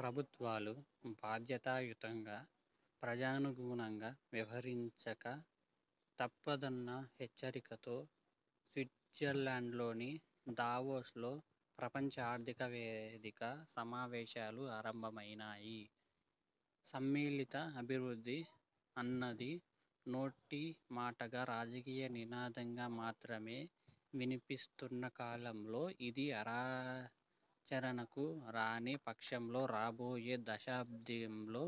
ప్రభుత్వాలు బాధ్యతాయుతంగా, ప్రజానుగుణంగా వ్యవహరించక తప్పదన్న హెచ్చరికతో స్విట్జర్లాండ్లోని దావోస్లో ప్రపంచ ఆర్థికవేదిక సమావేశాలు ఆరంభమైనాయి. 'సమ్మిళిత అభివృద్ధి' అన్నది నోటిమాటగా, రాజకీయ నినాదంగా మాత్రమే వినిపిస్తున్న కాలంలో, ఇది ఆచరణకు రానిపక్షంలో రాబోయే దశాబ్దంలో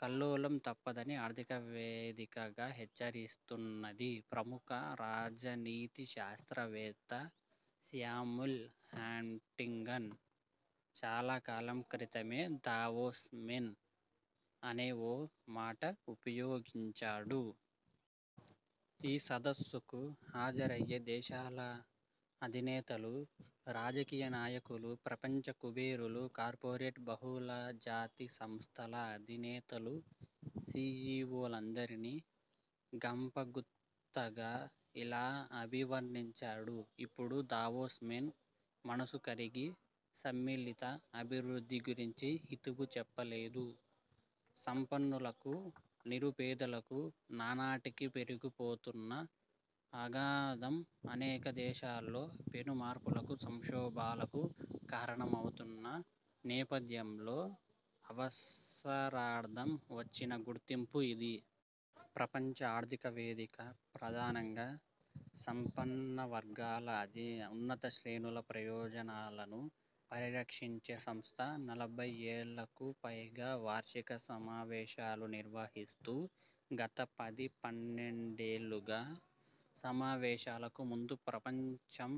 కల్లోలం తప్పదని ఆర్థికవేదిక హెచ్చరిస్తున్నది. ప్రముఖ రాజనీతి శాస్త్రవేత్త సామ్యూల్ హంటింగ్టన్ చాలాకాలం క్రితమే 'దావోస్ మేన్' అనే ఓ మాట ఉపయోగించాడు. ఈ సదస్సుకు హాజరయ్యే దేశాల అధినేతలు, రాజకీయ నాయకులు, ప్రపంచ కుబేరులు, కార్పొరేట్, బహుళజాతి సంస్థల అధినేతలూ, సీఈవోలందరినీ గంపగుత్తగా ఇలా అభివర్ణించాడు. ఇప్పుడు 'దావోస్ మేన్' మనసు కరిగి సమ్మిళిత అభివృద్ధి గురించి హితవు చెప్పలేదు. సంపన్నులకూ, నిరుపేదలకూ నానాటికీ పెరిగిపోతున్న అగాధం అనేక దేశాల్లో పెను మార్పులకు, సంక్షోభాలకు కారణమవుతున్న నేపథ్యంలో అవసరార్థం వచ్చిన గుర్తింపు ఇది. ప్రపంచ ఆర్థిక వేదిక ప్రధానంగా సంపన్నవర్గాల, ఉన్నత శ్రేణుల ప్రయోజనాలను పరిరక్షించే సంస్థ. నలభైయ్యేళ్ళకు పైగా వార్షిక సమావేశాలు నిర్వహిస్తూ, గత పదిపన్నెండేళ్ళుగా సమావేశాలకు ముందు ప్రపంచ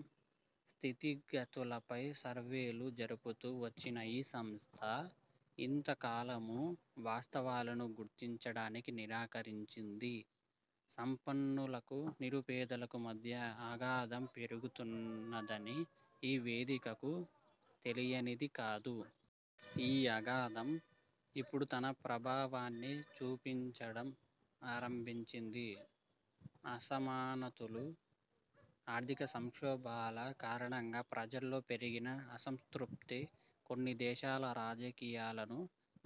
స్థితిగతులపై సర్వేలు జరుపుతూ వచ్చిన ఈ సంస్థ ఇంతకాలమూ వాస్తవాలను గుర్తించడానికి నిరాకరించింది. సంపన్నులకూ, నిరుపేదలకూ మధ్య ఆగాధం పెరుగుతున్నదని ఈ వేదికకు తెలియనిది కాదు. ఈ అగాధం ఇప్పుడు తన ప్రభావాన్ని చూపించడం ఆరంభించింది. అసమానతలు, ఆర్థిక సంక్షోభాల కారణంగా ప్రజల్లో పెరిగిన అసంతృప్తి కొన్ని దేశాల రాజకీయాలను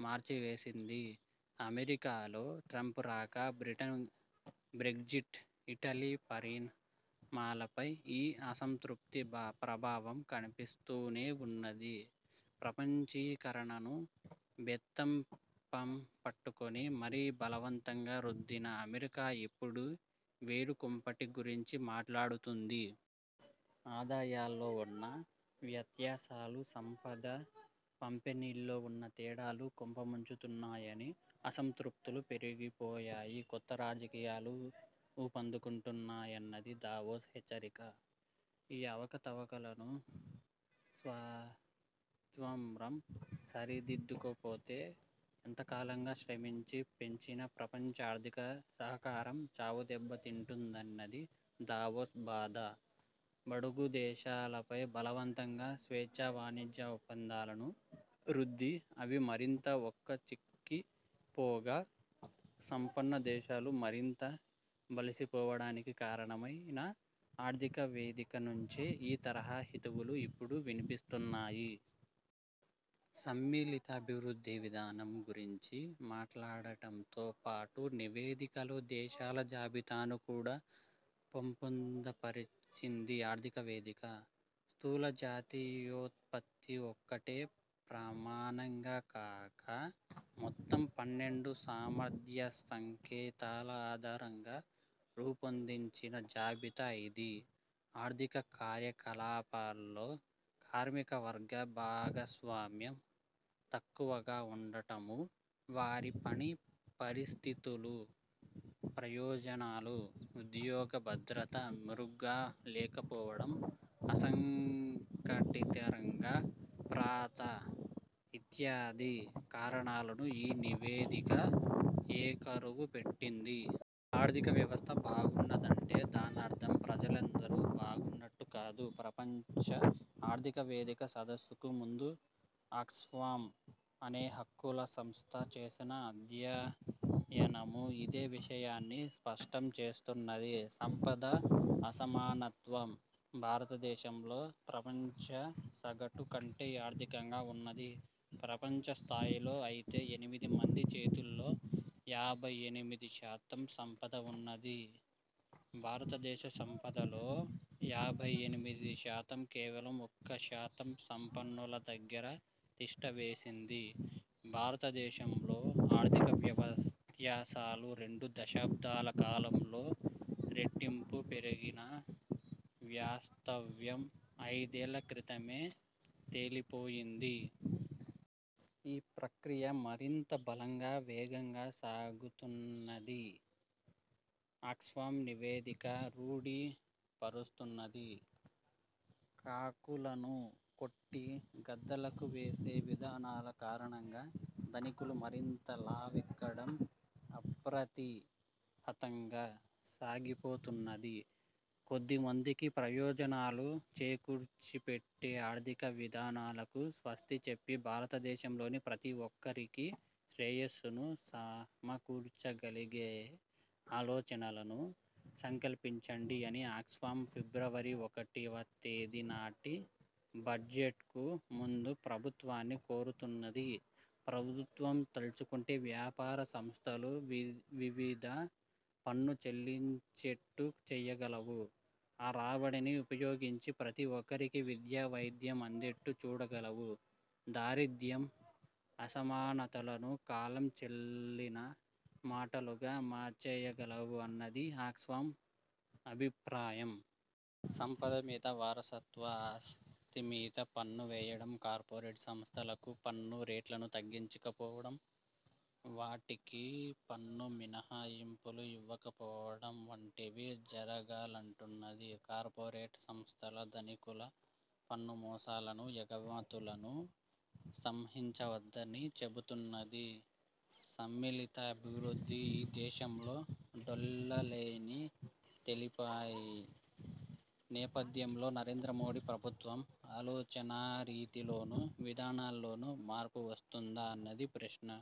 మార్చివేసింది. అమెరికాలో ట్రంప్ రాక, బ్రిటన్ బ్రెగ్జిట్, ఇటలీ పరిణామాలపై ఈ అసంతృప్తి ప్రభావం కనిపిస్తూనే ఉన్నది. ప్రపంచీకరణను బెత్తంపట్టుకొని మరీ బలవంతంగా రుద్దిన అమెరికా ఇప్పుడు వేరుకుంపటి గురించి మాట్లాడుతోంది. ఆదాయాల్లో ఉన్న వ్యత్యాసాలు, సంపద పంపిణీలో ఉన్న తేడాలు కొంప ముంచుతున్నాయనీ, అసంతృప్తులు పెరిగిపోయి కొత్త రాజకీయాలు ఊపందుకుంటున్నాయన్నది దావోస్ హెచ్చరిక. ఈ అవకతవకలను సత్వరం సరిదిద్దకపోతే ఎంతోకాలంగా శ్రమించి పెంచిన ప్రపంచ ఆర్థిక సహకారం చావుదెబ్బ తింటుందన్నది దావోస్ బాధ. బడుగుదేశాలపై బలవంతంగా స్వేచ్ఛావాణిజ్య ఒప్పందాలను రుద్ది, అవి మరింత బక్కచిక్కిపోగా సంపన్నదేశాలు మరింత బలిసిపోవడానికి కారణమైన ఆర్థిక వేదికనుంచే ఈ తరహా హితవులు ఇప్పుడు వినిపిస్తున్నాయి. 'సమ్మిళిత అభివృద్ధి' విధానం గురించి మాట్లాడటంతో పాటు నివేదికలో దేశాల జాబితాను కూడా పొందుపరచింది ఆర్థిక వేదిక. స్థూలజాతీయోత్పత్తి ఒక్కటే ప్రమాణంగా కాక, మొత్తం పన్నెండు సామర్థ్యసంకేతాల ఆధారంగా రూపొందించిన జాబితా ఇది ఆర్థిక కార్యకలాపాల్లో కార్మికవర్గ భాగస్వామ్యం తక్కువగా ఉండటమూ, వారి పనిపరిస్థితులు, ప్రయోజనాలు, ఉద్యోగభద్రత మెరుగ్గా లేకపోవడం, అసంఘటితరంగం పాత్ర ఇత్యాది కారణాలను ఈ నివేదిక ఏకరువుపెట్టింది. ఆర్థికవ్యవస్థ బాగున్నదంటే దానర్థం ప్రజలందరూ బాగున్నట్టు కాదు. ప్రపంచ ఆర్థిక వేదిక సదస్సుకు ముందు ఆక్స్ఫామ్ అనే హక్కుల సంస్థ చేసిన అధ్యయనమూ ఇదే విషయాన్ని స్పష్టం చేస్తున్నది. సంపద అసమానత్వం భారతదేశంలో ప్రపంచసగటు కంటే అధికంగా ఉన్నది. ప్రపంచస్థాయిలో అయితే ఎనిమిదిమంది చేతిలోనే యాభై ఎనిమిది శాతం సంపద ఉన్నది భారతదేశ సంపదలో యాభై ఎనిమిది శాతం కేవలం ఒక్క శాతం సంపన్నుల దగ్గర తిష్టవేసింది భారతదేశంలో ఆర్థిక వ్యత్యాసాలు రెండు దశాబ్దాల కాలంలో రెట్టింపు పెరిగిన వాస్తవం ఐదేళ్ళక్రితమే తేలిపోయింది. ఆ ప్రక్రియ మరింత బలంగా వేగంగా సాగుతున్నదని ఆక్స్ఫామ్ నివేదిక రూఢీ పరుస్తున్నది. కాకులను కొట్టి గద్దలకు వేసే విధానాల కారణంగా ధనికులు మరింత లావెక్కడం అప్రతిహతంగా సాగిపోతున్నది. కొద్దిమందికి ప్రయోజనాలు చేకూర్చిపెట్టే ఆర్థికవిధానాలకు స్వస్తిచెప్పి భారతదేశంలోని ప్రతి ఒక్కరికీ శ్రేయస్సును సమకూర్చగలిగే ఆలోచనలకు సంకల్పించండి అని ఆక్స్ఫామ్ ఫిబ్రవరి ఒకటివ తేదీనాటి బడ్జెట్కు ముందు ప్రభుత్వాన్ని కోరుతున్నది ప్రభుత్వం తలచుకుంటే వ్యాపార సంస్థలు విధిగా పన్ను చెల్లించేట్టు చేయగలవు, ఆ రాబడిని ఉపయోగించి ప్రతి ఒక్కరికీ విద్య, వైద్యం అందేట్టు చూడగలవు, దారిద్ర్యం, అసమానతలను కాలంచెల్లిన మాటలుగా మార్చేయగలవు అన్నది ఆక్స్ఫామ్ అభిప్రాయం. సంపదమీద, వారసత్వ ఆస్తిమీద పన్ను వేయడం, కార్పొరేట్ సంస్థలకు పన్ను రేట్లను తగ్గించకపోవడం, వాటికి పన్ను మినహాయింపులు ఇవ్వకపోవడం వంటివి జరగాలంటున్నది. కార్పొరేట్ సంస్థల, ధనికుల పన్నుమోసాలనూ ఎగవేతలనూ సహించవద్దని చెబుతున్నది. సమ్మిళిత అభివృద్ధి ఈ దేశంలో డొల్లేనని తేలిపోయిన నేపథ్యంలో నరేంద్రమోదీ ప్రభుత్వం ఆలోచనాతీరులోనూ, విధానాల్లోనూ మార్పువస్తుందా అన్నది ప్రశ్న.